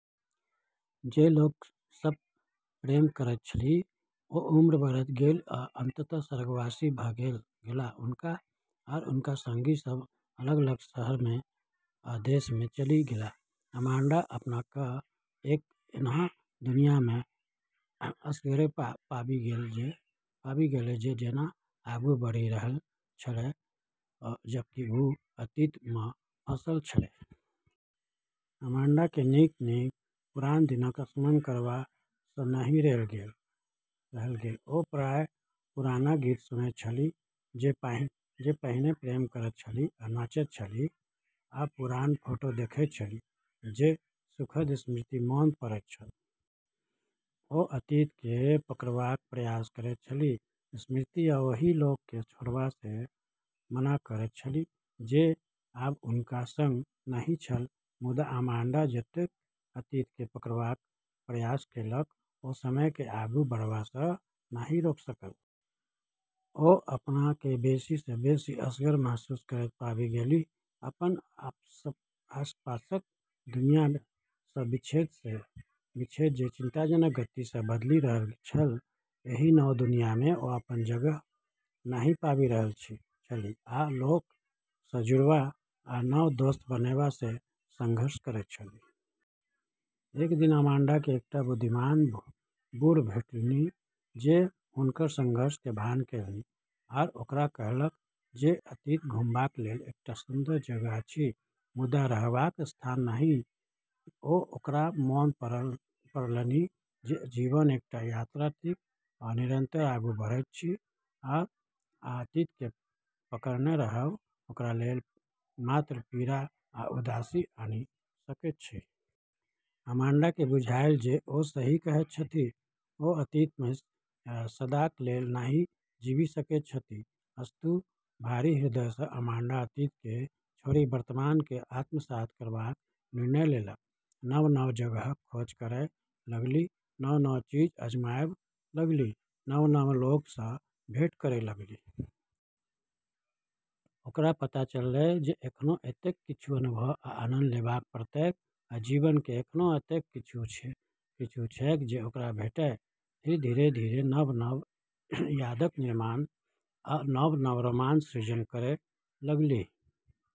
जे लोक सब सऽ प्रेम करैत छलीह ओ उम्र बढ़ैत गेल आ अंततः स्वर्गवासी भऽ गेलाह, आ हुनकर संगी सब अलग-अलग शहर आ देश मे चलि गेलाह। अमांडा अपना कऽ एक ऐन्हऽ दुनिया मऽ असगरे पाबी गेलै जे जेना आगू बढ़ी रहलऽ छेलै, जबकि वू अतीत मऽ फंसलऽ छेली। अमांडा केँ नीक-नीक पुरान दिनक स्मरण करबा सँ नहि रहल गेल। ओ प्रायः पुरान गीत सुनैत छलीह जे पहिने प्रेम करैत छलीह आ नाचैत छलीह, आ पुरान फोटो देखैत छलीह जे सुखद स्मृति मोन पाड़ैत छल। ओ अतीत केँ पकड़बाक प्रयास करैत छलीह, स्मृति आ ओहि लोक केँ छोड़बा सँ मना करैत छलीह जे आब हुनका संग नहि छल। मुदा अमांडा जतेक अतीत केँ पकड़बाक प्रयास केलक, ओ समय केँ आगू बढ़बा सँ नहि रोकि सकल। ओ अपना केँ बेसी सँ बेसी असगर महसूस करैत पाबि गेलीह, अपन आसपासक दुनियाँ सँ विच्छेद जे चिंताजनक गति सँ बदलि रहल छल। एहि नव दुनिया मे ओ अपन जगह नहि पाबि रहल छलीह आ लोक स जुड़बा आ नव दोस्त बनेबा मे संघर्ष करैत छलीह। एक दिन अमांडा के एकटा बुद्धिमान बूढ़ भेटलनि जे हुनकर संघर्ष के भान केलनि। ओ ओकरा कहलक जे अतीत घुमबाक लेल एकटा सुन्दर जगह अछि, मुदा रहबाक स्थान नहि, ओ ओकरा मोन पाड़लनि जे जीवन एकटा यात्रा थिक, निरंतर आगू बढ़ैत अछि, आ अतीत केँ पकड़ने रहब ओकरा लेल मात्र पीड़ा आ उदासी आनि सकैत अछि। अमांडा के बुझायल जे ओ सही कहैत छथि ओ अतीत मे सदाक लेल नहि जीबि सकैत छथि। अस्तु, भारी हृदय सँ अमांडा अतीत केँ छोड़ि वर्तमान केँ आत्मसात करबाक निर्णय लेलक। नव-नव जगहक खोज करय लगलीह, नव-नव चीज आजमाबय लगलीह, नव-नव लोक सऽ भेंट करय लगलीह । ओकरा पता चललै जे एखनो एतेक किछु अनुभव आ आनंद लेबय पड़तैक, आ जीवन मे एखनो एतेक किछु छैक जे ओकरा भेटय। धीरे-धीरे नव-नव यादक निर्माण आ नव-नव रोमांच सृजन करय लगलीह।